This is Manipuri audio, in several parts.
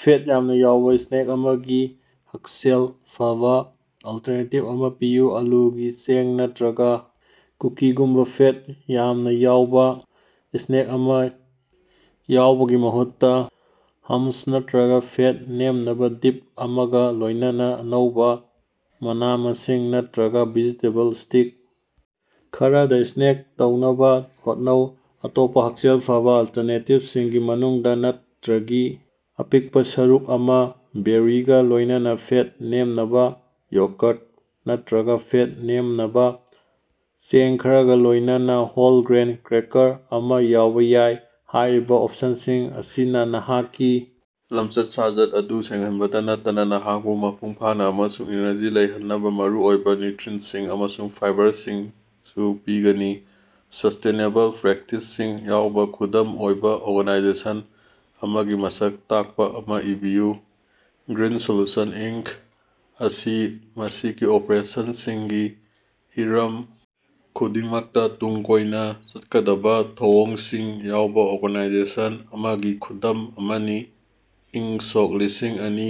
ꯐꯦꯠ ꯌꯥꯝꯅꯥ ꯌꯥꯎꯕꯥ ꯁ꯭ꯅꯦꯛ ꯑꯃꯒꯤ ꯍꯛꯁꯦꯜ ꯐꯕꯥ ꯑꯜꯇꯔꯅꯦꯇꯤꯚ ꯑꯃꯥ ꯄꯤꯌꯨ꯫ ꯑꯥꯂꯨꯒꯤ ꯆꯦꯡ ꯅꯠꯇ꯭ꯔꯒꯥ ꯀꯨꯀꯤꯒꯨꯝꯕꯥ ꯐꯦꯠ ꯌꯥꯝꯅꯥ ꯌꯥꯎꯕꯥ ꯁ꯭ꯅꯦꯛ ꯑꯃꯥ ꯌꯧꯕꯒꯤ ꯃꯍꯨꯠꯇꯥ, ꯍꯝꯁ ꯅꯠꯇ꯭ꯔꯒꯥ ꯐꯦꯠ ꯅꯦꯝꯕꯥ ꯗꯤꯞ ꯑꯃꯒꯥ ꯂꯣꯏꯅꯅꯥ ꯑꯅꯧꯕꯥ ꯃꯅꯥ-ꯃꯁꯤꯡ ꯅꯠꯇ꯭ꯔꯒꯥ ꯚꯦꯖꯤꯇꯦꯕꯜ ꯁ꯭ꯇꯤꯛ ꯈꯔꯗꯥ ꯁ꯭ꯅꯦꯛ ꯇꯧꯅꯕꯥ ꯍꯣꯠꯅꯧ꯫ ꯑꯇꯣꯞꯄꯥ ꯍꯛꯁꯦꯜ ꯐꯕꯥ ꯑꯜꯇꯔꯅꯦꯇꯤꯚꯁꯤꯡꯒꯤ ꯃꯅꯨꯡꯗꯥ ꯅꯠꯇ꯭ꯔꯒꯤ ꯑꯄꯤꯛꯄꯥ ꯁꯔꯨꯛ ꯑꯃꯥ, ꯕꯦꯔꯤꯒꯥ ꯂꯣꯏꯅꯅꯥ ꯐꯦꯠ ꯅꯦꯝꯕꯥ ꯌꯣꯒꯔ ꯅꯠꯇ꯭ꯔꯒꯥ ꯐꯦꯠ ꯅꯦꯝꯕꯥ ꯆꯦꯡ ꯈꯔꯒꯥ ꯂꯣꯏꯅꯅꯥ ꯍꯣꯜ-ꯒ꯭ꯔꯦꯟ ꯀ꯭ꯔꯦꯀꯔ ꯑꯃꯥ ꯌꯥꯎꯕꯥ ꯌꯥꯏ꯫ ꯍꯥꯏꯔꯤꯕꯥ ꯑꯣꯞꯁꯟꯁꯤꯡ ꯑꯁꯤꯅꯥ ꯅꯍꯥꯛꯀꯤ ꯂꯝꯆꯠ-ꯁꯥꯖꯠ ꯑꯗꯨ ꯁꯦꯡꯍꯟꯕꯇꯥ ꯅꯠꯇꯅꯥ ꯅꯍꯥꯛꯄꯨ ꯃꯄꯨꯡ ꯐꯥꯅꯥ ꯑꯃꯁꯨꯡ ꯏꯅꯔꯖꯤ ꯂꯩꯍꯟꯅꯕꯥ ꯃꯔꯨꯑꯣꯏꯕꯥ ꯅ꯭ꯌꯨꯇ꯭ꯔꯤꯑꯦꯟꯇꯁꯤꯡ ꯑꯃꯁꯨꯡ ꯐꯤꯕꯔꯁꯤꯡꯁꯨ ꯄꯤꯒꯅꯤ꯫ ꯁꯁ꯭ꯇꯦꯅꯦꯕꯜ ꯄ꯭ꯔꯦꯛꯇꯤꯁꯁꯤꯡ ꯌꯥꯎꯕꯥ ꯈꯨꯗꯝ ꯑꯣꯏꯕꯥ ꯑꯣꯔꯒꯥꯅꯥꯏꯖꯦꯁꯟ ꯑꯃꯒꯤ ꯃꯁꯛ ꯇꯥꯛꯄꯥ ꯑꯃꯥ ꯏꯕꯤꯌꯨ꯫ ꯒ꯭ꯔꯤꯟ ꯁꯣꯂꯨꯁꯟ ꯏꯟꯀ ꯑꯁꯤ ꯃꯁꯤꯒꯤ ꯑꯣꯄꯔꯦꯁꯟꯁꯤꯡꯒꯤ ꯍꯤꯔꯝ ꯈꯨꯗꯤꯡꯃꯛꯇꯥ ꯇꯨꯡ ꯀꯣꯏꯅꯥ ꯆꯠꯀꯗꯕꯥ ꯊꯧꯑꯣꯡꯁꯤꯡ ꯌꯥꯎꯕꯥ ꯑꯣꯔꯒꯅꯥꯏꯖꯦꯁꯟ ꯑꯃꯒꯤ ꯈꯨꯗꯝ ꯑꯃꯅꯤ꯫ꯏꯪ ꯁꯣꯛ ꯂꯤꯁꯤꯡꯑꯅꯤ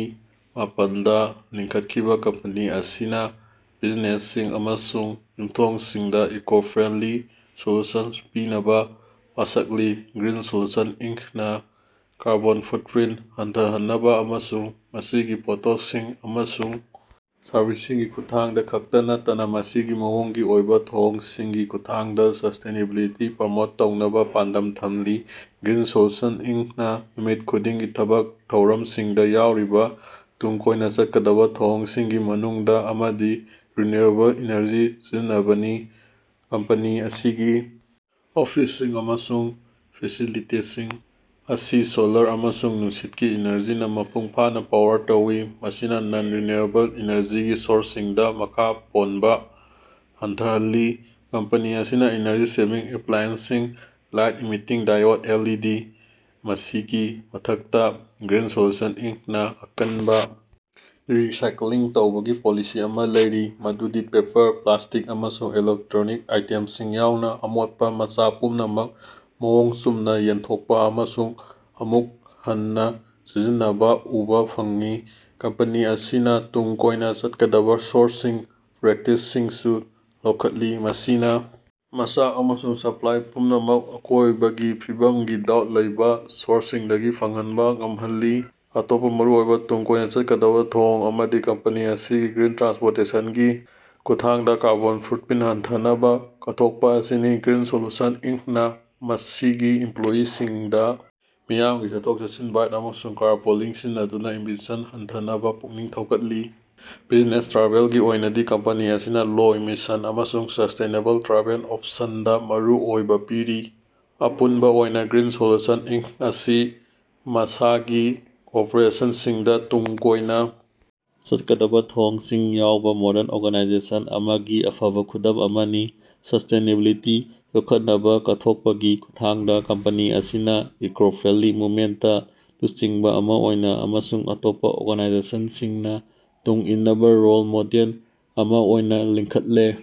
ꯃꯥꯄꯟꯗꯥ ꯂꯤꯡꯈꯠꯈꯤꯕꯥ ꯀꯝꯄꯦꯅꯤ ꯑꯁꯤꯅꯥ ꯕꯤꯖꯤꯅꯦꯁꯁꯤꯡ ꯑꯃꯁꯨꯡ ꯌꯨꯝꯊꯣꯡꯁꯤꯡꯗꯥ ꯏꯀꯣ-ꯐ꯭ꯔꯦꯟꯗꯂꯤ ꯁꯣꯂꯨꯁꯅꯁꯤꯡ ꯄꯤꯅꯕꯥ ꯋꯥꯁꯛꯂꯤ꯫ ꯒ꯭ꯔꯤꯟ ꯁꯣꯂꯨꯁꯟ ꯏꯟꯀꯅꯥ ꯀꯥꯔꯕꯣꯟ ꯐꯨꯠꯄ꯭ꯔꯤꯟꯇ ꯍꯟꯊꯍꯟꯅꯕꯥ ꯑꯃꯁꯨꯡ ꯃꯁꯤꯒꯤ ꯄꯣꯠꯊꯣꯛꯁꯤꯡ ꯑꯃꯁꯨꯡ ꯁꯔꯕꯤꯁꯁꯤꯡꯒꯤ ꯈꯨꯠꯊꯥꯡꯗꯥ ꯈꯛꯇꯥ ꯅꯠꯇꯅꯥ ꯃꯁꯤꯒꯤ ꯃꯅꯨꯡꯒꯤ ꯑꯣꯏꯕꯥ ꯊꯧꯑꯣꯡꯁꯤꯡꯒꯤ ꯈꯨꯠꯊꯥꯡꯗꯥ ꯁꯁ꯭ꯇꯦꯅꯦꯕꯤꯂꯤꯇꯤ ꯄ꯭ꯔꯃꯣꯠ ꯇꯧꯅꯕꯥ ꯄꯥꯟꯗꯝ ꯊꯝꯂꯤ꯫ ꯒ꯭ꯔꯤꯟ ꯁꯣꯂꯨꯁꯟ ꯏꯟꯀꯅꯥ ꯅꯨꯃꯤꯠ ꯈꯨꯗꯤꯡꯒꯤ ꯊꯕꯛ ꯊꯧꯔꯝꯁꯤꯡꯗꯥ ꯌꯥꯎꯔꯤꯕꯥ ꯇꯨꯡ ꯀꯣꯏꯅꯥ ꯆꯠꯀꯗꯕꯥ ꯊꯧꯑꯣꯡꯁꯤꯡꯒꯤ ꯃꯅꯨꯡꯗꯥ ꯑꯃꯗꯤ ꯔꯤꯅ꯭ꯌꯨꯑꯦꯕꯜ ꯏꯅꯔꯖꯤ ꯁꯤꯖꯤꯟꯅꯕꯅꯤ꯫ ꯀꯝꯄꯦꯅꯤ ꯑꯁꯤꯒꯤ ꯑꯣꯐꯤꯁꯁꯤꯡ ꯑꯃꯁꯨꯡ ꯐꯦꯁꯤꯂꯤꯇꯤꯁꯤꯡ ꯑꯁꯤ ꯁꯣꯂꯔ ꯑꯃꯁꯨꯡ ꯅꯨꯡꯁꯤꯠꯀꯤ ꯏꯅꯔꯖꯤꯅꯥ ꯃꯄꯨꯡ ꯐꯥꯅꯥ ꯄꯥꯋꯔ ꯇꯧꯏ, ꯃꯁꯤꯅꯥ ꯅꯟ-ꯔꯤꯅ꯭ꯌꯨꯑꯦꯕꯜ ꯏꯅꯔꯖꯤꯒꯤ ꯁꯣꯔꯁꯁꯤꯡꯗꯥ ꯃꯈꯥ ꯄꯣꯟꯕꯥ ꯍꯟꯊꯍꯜꯂꯤ꯫ ꯀꯝꯄꯦꯅꯤ ꯑꯁꯤꯅꯥ ꯏꯅꯔꯖꯤ ꯁꯦꯚꯤꯡ ꯑꯦꯄ꯭ꯂꯥꯏꯑꯦꯟꯁꯁꯤꯡ, ꯂꯥꯏꯠ ꯏꯃꯤꯠꯇꯤꯡ ꯗꯥꯏꯑꯣꯠ ꯃꯁꯤꯒꯤ ꯃꯊꯛꯇꯥ, ꯒ꯭ꯔꯤꯟ ꯁꯣꯂꯨꯁꯟ ꯏꯟꯀꯅꯥ ꯑꯀꯟꯕꯥ ꯔꯤꯁꯥꯏꯀꯜ ꯇꯧꯕꯒꯤ ꯄꯣꯂꯤꯁꯤ ꯑꯃꯥ ꯂꯩꯔꯤ ꯃꯗꯨꯗꯤ ꯄꯦꯄꯔ, ꯄ꯭ꯂꯥꯁꯇꯤꯛ ꯑꯃꯁꯨꯡ ꯏꯂꯦꯛꯇ꯭ꯔꯣꯅꯤꯛ ꯑꯥꯏꯇꯦꯝꯁꯤꯡ ꯌꯥꯎꯅꯥ ꯑꯃꯣꯠꯄꯥ ꯃꯆꯥꯛ ꯄꯨꯝꯅꯃꯛ ꯃꯑꯣꯡ ꯆꯨꯝꯅꯥ ꯌꯦꯟꯊꯣꯛꯄꯥ ꯑꯃꯁꯨꯡ ꯑꯃꯨꯛ ꯍꯟꯅꯥ ꯁꯤꯖꯤꯟꯅꯕꯥ ꯎꯕꯥ ꯐꯪꯏ꯫ ꯀꯝꯄꯦꯅꯤ ꯑꯁꯤꯅꯥ ꯇꯨꯡ ꯀꯣꯏꯅꯥ ꯆꯠꯀꯗꯕꯥ ꯁꯣꯔꯁꯁꯤꯡ ꯄ꯭ꯔꯦꯛꯇꯤꯁꯁꯤꯡꯁꯨ ꯂꯧꯈꯠꯂꯤ, ꯃꯁꯤꯅꯥ ꯃꯆꯥꯛ ꯑꯃꯁꯨꯡ ꯁꯄ꯭ꯂꯥꯏ ꯄꯨꯝꯅꯃꯛ ꯑꯀꯣꯏꯕꯒꯤ ꯐꯤꯕꯝꯒꯤ ꯗꯥꯎꯠ ꯂꯩꯕꯥ ꯁꯣꯔꯁꯁꯤꯡꯗꯒꯤ ꯐꯪꯍꯟꯕꯥ ꯉꯝꯍꯜꯂꯤ꯫ ꯑꯇꯣꯞꯄꯥ ꯃꯔꯨꯑꯣꯏꯕꯥ ꯇꯨꯡ ꯀꯣꯏꯅꯥ ꯆꯠꯀꯗꯕꯥ ꯊꯧꯑꯣꯡ ꯑꯃꯗꯤ ꯀꯝꯄꯦꯅꯤ ꯑꯁꯤꯅꯥ ꯒ꯭ꯔꯤꯟ ꯇ꯭ꯔꯥꯟꯁꯄꯣꯔꯇꯦꯁꯅꯒꯤ ꯈꯨꯠꯊꯥꯡꯗꯥ ꯀꯥꯔꯕꯣꯟ ꯐꯨꯠꯄ꯭ꯔꯤꯟꯇ ꯍꯟꯊꯍꯟꯅꯕꯥ ꯀꯠꯊꯣꯛꯄꯥ ꯑꯁꯤꯅꯤ꯫ ꯒ꯭ꯔꯤꯟ ꯁꯣꯂꯨꯁꯟ ꯏꯟꯀꯅꯥ ꯃꯁꯤꯒꯤ ꯏꯃꯄ꯭ꯂꯣꯌꯤꯁꯤꯡꯗꯥ ꯃꯤꯌꯥꯝꯒꯤ ꯆꯠꯊꯣꯛ-ꯆꯠꯁꯤꯟ, ꯕꯥꯏꯛ ꯑꯃꯁꯨꯡ ꯀꯥꯔꯄꯨꯂꯤꯡ ꯁꯤꯖꯤꯟꯅꯗꯨꯅꯥ ꯏꯃꯤꯁꯟ ꯍꯟꯊꯍꯟꯅꯕꯥ ꯄꯨꯛꯅꯤꯡ ꯊꯧꯒꯠꯂꯤ꯫ ꯕꯤꯖꯤꯅꯦꯁ ꯇ꯭ꯔꯥꯚꯦꯜꯒꯤ ꯑꯣꯏꯅꯗꯤ ꯀꯝꯄꯦꯅꯤ ꯑꯁꯤꯅꯥ ꯂꯣ-ꯏꯃꯤꯁꯟ ꯑꯃꯁꯨꯡ ꯁꯁ꯭ꯇꯦꯅꯦꯕꯜ ꯇ꯭ꯔꯥꯚꯦꯜ ꯑꯣꯞꯁꯟꯁꯤꯡꯗꯥ ꯃꯔꯨ ꯑꯣꯏꯕꯥ ꯄꯤꯔꯤ꯫ ꯑꯄꯨꯟꯕꯥ ꯑꯣꯏꯅꯥ, ꯒ꯭ꯔꯤꯟ ꯁꯣꯂꯨꯁꯟ ꯏꯟꯀ ꯑꯁꯤ ꯃꯁꯤꯒꯤ ꯑꯣꯄꯔꯦꯁꯟꯁꯤꯡꯗꯥ ꯇꯨꯡ ꯀꯣꯏꯅꯥ ꯆꯠꯀꯗꯕꯥ ꯊꯧꯑꯣꯡꯁꯤꯡ ꯌꯥꯎꯕꯥ ꯃꯣꯔꯗꯟ ꯑꯣꯔꯒꯅꯥꯏꯖꯦꯁꯟ ꯑꯃꯒꯤ ꯑꯐꯕꯥ ꯈꯨꯗꯝ ꯑꯃꯅꯤ꯫ ꯁꯁ꯭ꯇꯦꯅꯦꯕꯤꯂꯤꯇꯤ ꯌꯣꯛꯈꯠꯅꯕꯥ ꯀꯠꯊꯣꯛꯄꯒꯤ ꯈꯨꯠꯊꯥꯡꯗꯥ ꯀꯝꯄꯦꯅꯤ ꯑꯁꯤꯅꯥ ꯏꯀꯣ-ꯐ꯭ꯔꯦꯟꯗꯂꯤ ꯃꯨꯕꯃꯦꯟꯇꯇꯥ ꯂꯨꯆꯤꯡꯕꯥ ꯑꯃꯥ ꯑꯣꯏꯅꯥ ꯑꯃꯁꯨꯡ ꯑꯇꯣꯞꯄꯥ ꯑꯣꯔꯒꯅꯥꯏꯖꯦꯁꯅꯁꯤꯡꯅꯥ ꯇꯨꯡ ꯏꯟꯅꯕꯥ ꯔꯣꯜ ꯃꯣꯗꯦꯜ ꯑꯃꯥ ꯑꯣꯏꯅꯥ ꯂꯤꯡꯈꯠꯂꯦ꯫